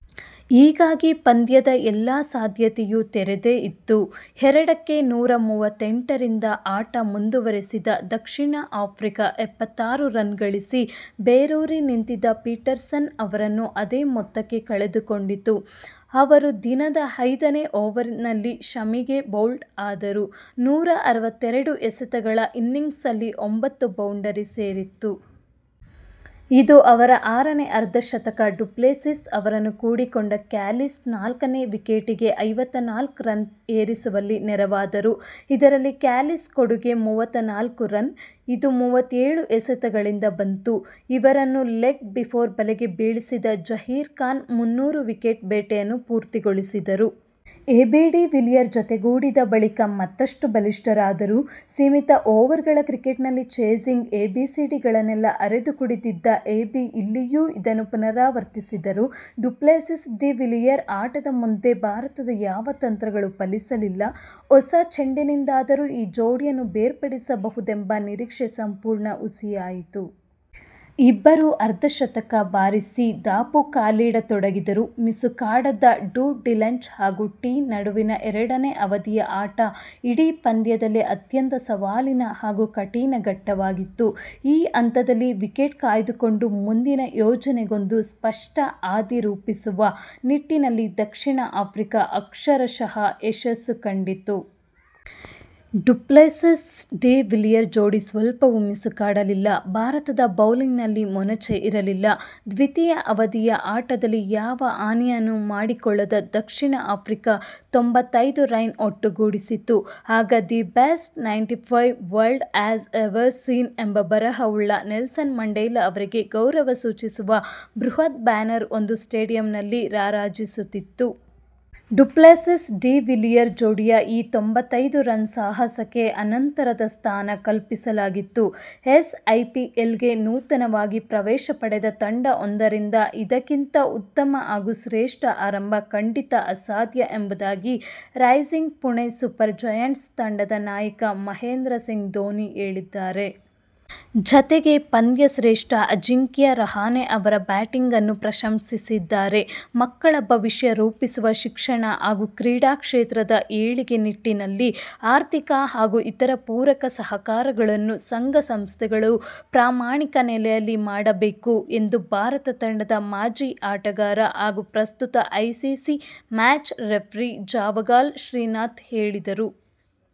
ಹೀಗಾಗಿ ಪಂದ್ಯದ ಎಲ್ಲ ಸಾಧ್ಯತೆಯೂ ತೆರೆದೇ ಇತ್ತು. ಎರಡಕ್ಕೆ ನೂರ ಮೂವತ್ತೆಂಟರಿಂದ ಆಟ ಮುಂದುವರಿಸಿದ ದಕ್ಷಿಣ ಆಫ್ರಿಕಾ, ಎಪ್ಪತ್ತಾರು ರನ್ ಗಳಿಸಿ ಬೇರೂರಿ ನಿಂತಿದ್ದ ಪೀಟರ್ಸನ್ ಅವರನ್ನು ಅದೇ ಮೊತ್ತಕ್ಕೆ ಕಳೆದುಕೊಂಡಿತು. ಅವರು ದಿನದ ಐದನೇ ಓವರಿನಲ್ಲಿ ಶಮಿಗೆ ಬೌಲ್ಡ್ ಆದರು. ನೂರ ಅರವತ್ತೆರಡು ಎಸೆತಗಳ ಇನ್ನಿಂಗ್ಸ್ನಲ್ಲಿ ಒಂಭತ್ತು ಬೌಂಡರಿ ಸೇರಿತ್ತು. ಇದು ಅವರ ಆರನೇ ಅರ್ಧ ಶತಕ. ಡುಪ್ಲೆಸಿಸ್ ಅವರನ್ನು ಕೂಡಿಕೊಂಡ ಕ್ಯಾಲಿಸ್ ನಾಲ್ಕನೇ ವಿಕೆಟಿಗೆ ಐವತ್ತ ನಾಲ್ಕು ರನ್ ಪೇರಿಸುವಲ್ಲಿ ನೆರವಾದರು. ಇದರಲ್ಲಿ ಕ್ಯಾಲಿಸ್ ಕೊಡುಗೆ ಮೂವತ್ತ ನಾಲ್ಕು ರನ್. ಇದು ಮೂವತ್ತೆಳು ಎಸೆತಗಳಿಂದ ಬಂತು. ಇವರನ್ನು ಲೆಗ್ ಬಿಫೋರ್ ಬಲೆಗೆ ಬೀಳಿಸಿದ ಜಹೀರ್ ಖಾನ್ ಮುನ್ನೂರು ವಿಕೆಟ್ ಬೇಟೆಯನ್ನು ಪೂರ್ತಿಗೊಳಿಸಿದರು. ಎಬಿ ಡಿ ವಿಲಿಯರ್ ಜತೆಗೂಡಿದ ಬಳಿಕ ಮತ್ತಷ್ಟು ಬಲಿಷ್ಠರಾದರು. ಸೀಮಿತ ಓವರ್ಗಳ ಕ್ರಿಕೆಟ್ನಲ್ಲಿ ಚೇಸಿಂಗ್ ಎಬಿಸಿಡಿಗಳನ್ನೆಲ್ಲ ಅರೆದು ಕುಡಿದಿದ್ದ ಎಬಿ ಇಲ್ಲಿಯೂ ಇದನ್ನು ಪುನರಾವರ್ತಿಸಿದರು. ಡು ಪ್ಲೆಸಿಸ್-ಡಿ ವಿಲಿಯರ್ ಆಟದ ಮುಂದೆ ಭಾರತದ ಯಾವ ತಂತ್ರಗಳೂ ಫಲಿಸಲಿಲ್ಲ. ಹೊಸ ಚೆಂಡಿನಿಂದಾದರೂ ಈ ಜೋಡಿಯನ್ನು ಬೇರ್ಪಡಿಸಬಹುದೆಂಬ ನಿರೀಕ್ಷೆ ಸಂಪೂರ್ಣ ಹುಸಿಯಾಯಿತು. ಇಬ್ಬರೂ ಅರ್ಧ ಶತಕ ಬಾರಿಸಿ ದಾಪುಗಾಲಿಡತೊಡಗಿದರು. ಮಿಸುಕಾಡದ ಡು-ಡಿಲಂಚ್ ಹಾಗೂ ಟೀ ನಡುವಿನ ಎರಡನೇ ಅವಧಿಯ ಆಟ ಇಡೀ ಪಂದ್ಯದಲ್ಲೇ ಅತ್ಯಂತ ಸವಾಲಿನ ಹಾಗೂ ಕಠಿನ ಘಟ್ಟವಾಗಿತ್ತು. ಈ ಹಂತದಲ್ಲಿ ವಿಕೆಟ್ ಕಾಯ್ದುಕೊಂಡು ಮುಂದಿನ ಯೋಜನೆಗೊಂದು ಸ್ಪಷ್ಟ ಹಾದಿ ರೂಪಿಸುವ ನಿಟ್ಟಿನಲ್ಲಿ ದಕ್ಷಿಣ ಆಫ್ರಿಕಾ ಅಕ್ಷರಶಃ ಯಶಸ್ಸು ಕಂಡಿತು. ಡು ಪ್ಲೆಸಿಸ್- ಡಿ ವಿಲಿಯರ್ ಜೋಡಿ ಸ್ವಲ್ಪವೂ ಮಿಸುಕಾಡಲಿಲ್ಲ. ಭಾರತದ ಬೌಲಿಂಗ್ನಲ್ಲಿ ಮೊನಚೇ ಇರಲಿಲ್ಲ. ದ್ವಿತೀಯ ಅವಧಿಯ ಆಟದಲ್ಲಿ ಯಾವ ಹಾನಿಯನ್ನೂ ಮಾಡಿಕೊಳ್ಳದ ದಕ್ಷಿಣ ಆಫ್ರಿಕಾ ತ್ತೊಂಭತ್ತೈದು ರನ್ ಒಟ್ಟುಗೂಡಿಸಿತು. ಆಗ the best ninety five, the world has ever seen'' ಎಂಬ ಬರಹವುಳ್ಳ, ನೆಲ್ಸನ್ ಮಂಡೇಲಾ ಅವರಿಗೆ ಗೌರವ ಸೂಚಿಸುವ ಬೃಹತ್ ಬ್ಯಾನರ್ ಒಂದು ಸ್ಟೇಡಿಯಂನಲ್ಲಿ ರಾರಾಜಿಸುತ್ತಿತ್ತು. ಡು ಪ್ಲೆಸಿಸ್- ಡಿ ವಿಲಿಯರ್ ಜೋಡಿಯ ಈ ತ್ತೊಂಭತ್ತೈದು ರನ್ ಸಾಹಸಕ್ಕೆ ಅನಂತರದ ಸ್ಥಾನ ಕಲ್ಪಿಸಲಾಗಿತ್ತು. ಎಸ್. ಐಪಿಎಲ್ಗೆ ನೂತನವಾಗಿ ಪ್ರವೇಶ ಪಡೆದ ತಂಡವೊಂದರಿಂದ ಇದಕ್ಕಿಂತ ಉತ್ತಮ ಹಾಗೂ ಶ್ರೇಷ್ಠ ಆರಂಭ ಖಂಡಿತ ಅಸಾಧ್ಯ ಎಂಬುದಾಗಿ 'ರೈಸಿಂಗ್ ಪುಣೆ ಸೂಪರ್ ಜಯಂಟ್ಸ್' ತಂಡದ ನಾಯಕ ಮಹೇಂದ್ರ ಸಿಂಗ್ ಧೋನಿ ಹೇಳಿದ್ದಾರೆ. ಜತೆಗೆ ಪಂದ್ಯಶ್ರೇಷ್ಠ ಅಜಿಂಕ್ಯ ರಹಾನೆ ಅವರ ಬ್ಯಾಟಿಂಗನ್ನೂ ಪ್ರಶಂಸಿಸಿದ್ದಾರೆ. ಮಕ್ಕಳ ಭವಿಷ್ಯ ರೂಪಿಸುವ ಶಿಕ್ಷಣ ಹಾಗೂ ಕ್ರೀಡಾ ಕ್ಷೇತ್ರದ ಏಳಿಗೆ ನಿಟ್ಟಿನಲ್ಲಿ ಆರ್ಥಿಕ ಹಾಗೂ ಇತರ ಪೂರಕ ಸಹಕಾರಗಳನ್ನು ಸಂಘ ಸಂಸ್ಥೆಗಳು ಪ್ರಾಮಾಣಿಕ ನೆಲೆಯಲ್ಲಿ ಮಾಡಬೇಕು ಎಂದು ಭಾರತ ತಂಡದ ಮಾಜಿ ಆಟಗಾರ ಹಾಗೂ ಪ್ರಸ್ತುತ ICC match referee Javagal Srinath ಹೇಳಿದರು.